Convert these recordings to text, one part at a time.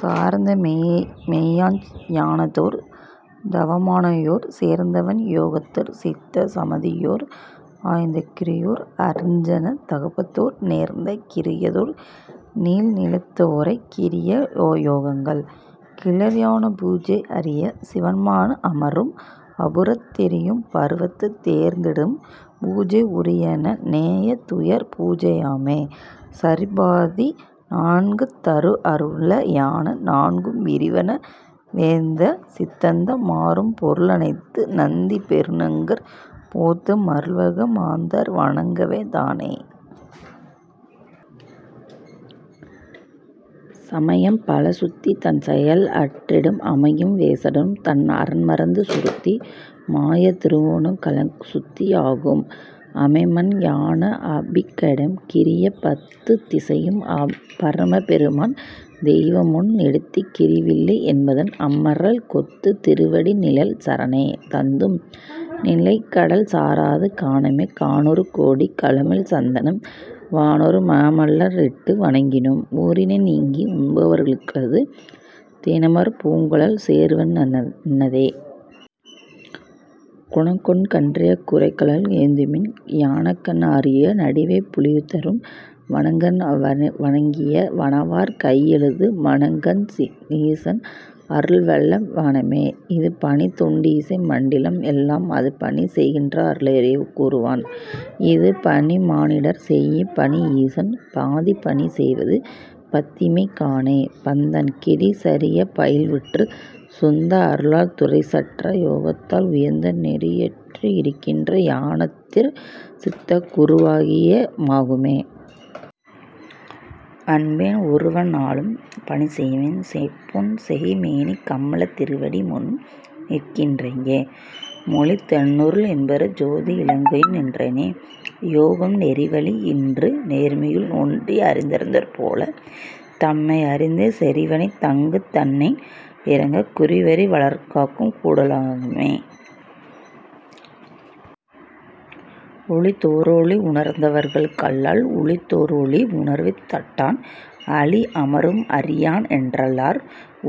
சார்ந்தமெய்ஞ் ஞானத்தோர் தானவ னாயினோர் சேர்ந்தவெண் யோகத்தர் சித்தர் சமாதியோர் ஆய்ந்த கிரியையோர் அருச்சனை தப்பாதோர் நேர்ந்த சரியையோர் நீள்நிலத் தோரே. கிரியை யோகங்கள் கிளர்ஞான பூஜே அரிய சிவனுரு அமரும் அரூபந் தெரியும் பருவத்துத் தேர்ந்திடும் பூசை உரியன நேயத் துயர்பூசை யாமே. சரியாதி நான்குந் தருஞான நான்கும் விரிவான வேதாந்த சித்தாந்த மாறும் பொருளா னதுநந்தி பொன்னகர் போந்து மருளாகு மாந்தர் வணங்கவைத் தானே. சமையம் பலசுத்தித் தன்செயல் அற்றிடும் அமையும் விசேடமும் அரன்மந் திரசுத்தி சமைய நிருவாணங் கலாசுத்தி யாகும் அமைமன்னு ஞானமார்க் கம்அபிடேகமே.. கிரியை பத்துத் திசையும் பரமொரு தெய்வமுண் டெத்திக் கிலரில்லை என்பதின் அமலர்க் கொத்துத் திருவடி நீழல் சரணெனத் தத்தும் வினைக்கடல் சாராது காணுமே. கானுறு கோடி கடிகமழ் சந்தனம் வானுறு மாமல ரிட்டு வணங்கினும் ஊனினை நீக்கி உண்பவர்க் கல்லது தேனமர் பூங்கழல் சேரவொண் ணாதே. கோனக்கன் றாயே குரைகழல் ஏத்துமின் ஞானக்கன் றாகிய நடுவே யுழிதரும் வானக்கன் றாகிய வானவர் கைதொழு மானக்கன் றீசன் அருள்வள்ள மாமே. இதுபணிந் தெண்டிசை மண்டிலம் எல்லாம் அதுபணி செய்கின் றவளொரு கூறன் இதுபணி மானுடர் செய்பணி யீசன் பதிபணி செய்வது பத்திமை காணே. பத்தன் கிரியை சரியை பயில்வுற்றுச் சுத்த அருளால் துரிசற்ற யோகத்தில் உய்த்த நெறியுற் றுணர்கின்ற ஞானத்தாற் சித்தங் குருவரு ளாற்சிவ மாகுமே. அன்பின் உருகுவ நாளும் பணிசெய்வன் செம்பொன்செய் மேனி கமலத் திருவடி முன்புநின் றாங்கே மொழிவ தெனக்கருள் என்பினுட் சோதி இலங்குகின் றானே.. யோகம் நெறிவழி யேசென்று நேர்மையுள் ஒன்றித் தறியிருந் தாற்போல் தம்மை யிருத்திச் சொறியினுந் தாக்கினுந் துண்ணென் றுணராக் குறியறி வாளர்க்குக் கூடலு மாமே. ஊழிதோ றூழிஉணர்ந்தவர்க் கல்லால் ஊழிதோ றூழி உணரவுந் தானொட்டான் ஆழி அமரும் அரியயன் என்றுளார்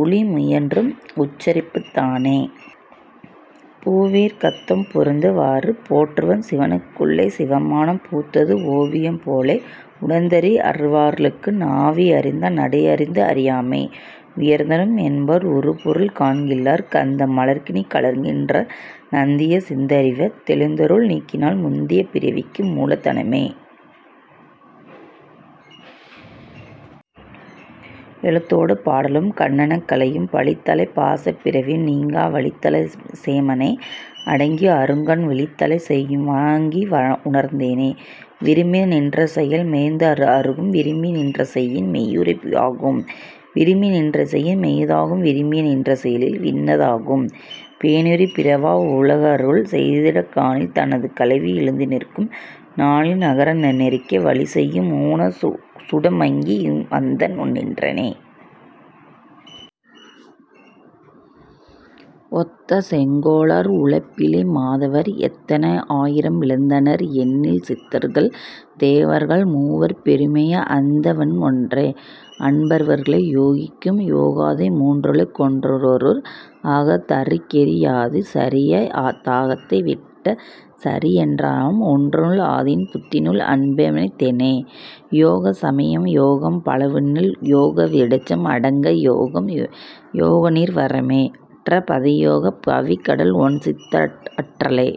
ஊழி முயன்றும் ஒருச்சியு ளானே. பூவினிற் கந்தம் பொருந்திய வாறுபோற் சீவனுக் குள்ளே சிவமணம் பூத்தது ஓவியம் போல உணர்ந்தறி வாளர்க்கு நாவி யணைந்த நடுதறி யாமே. உய்ந்தனம் என்பீர் உறுபொருள் காண்கிலீர் கந்த மலரிற் கலக்கின்ற நந்தியைச் சிந்தை யுறவே தெளிந்திருள் நீங்கினால் முந்தைப் பிறவிக்கு மூலதலாமே. எழுத்தோடு பாடலும் எண்ணெண் கலையும் பழித்தலைப் பாசப் பிறவியும் நீங்கா வழித்தலைச் சோமனோ டங்கி யருக்கன் வழித்தலைச் செய்யும் வகையுணர்ந் தேனே. விரும்பிநின் றேசெயில் மேய்த்தவ ராகும் விரும்பிநின் றேசெயின் மெய்யுரை யாகும் விரும்பிநின் றேசெயின் மெய்த்தவ மாகும் விரும்பிநின் றேசெயில் விண்ணவ னாகுமே. பேணிற் பிறவா உலகருள் செய்திடுங் காணில் தனது கலவியு ளேநிற்கும் நாணில் நகர நெறிக்கே வழிசெயும் ஊனிற் சுடுமங்கி யுத்தமன் றானே. ஒத்தசெங் கோலார் உலப்பிலி மாதவர் எத்தனை யாயிரம் வீழ்ந்தனர் எண்ணிலி சித்தர்கள் தேவர்கள் மூவர் பெருமையாய் அத்த னிவனென்றே அன்புறு வார்களே. யோகிக்கு யோகாதி மூன்றுள கொண்டுற்றோர் ஆகத் தருகிரி யாதி சரியையாந் தாகத்தை விட்ட சரியையொன் றாம்ஒன்றுள் ஆதித்தன் பத்தியுள் அன்புவைத் தேனே. யோகச் சமயமே யோகம் பலவுன்னல் யோக விசேடமே அட்டாங்க யோகமாம் யோகநிர் வாணமே யுற்ற பரோதயம் யோக அபிடேகமே ஒண்சித்தி யுற்றலே..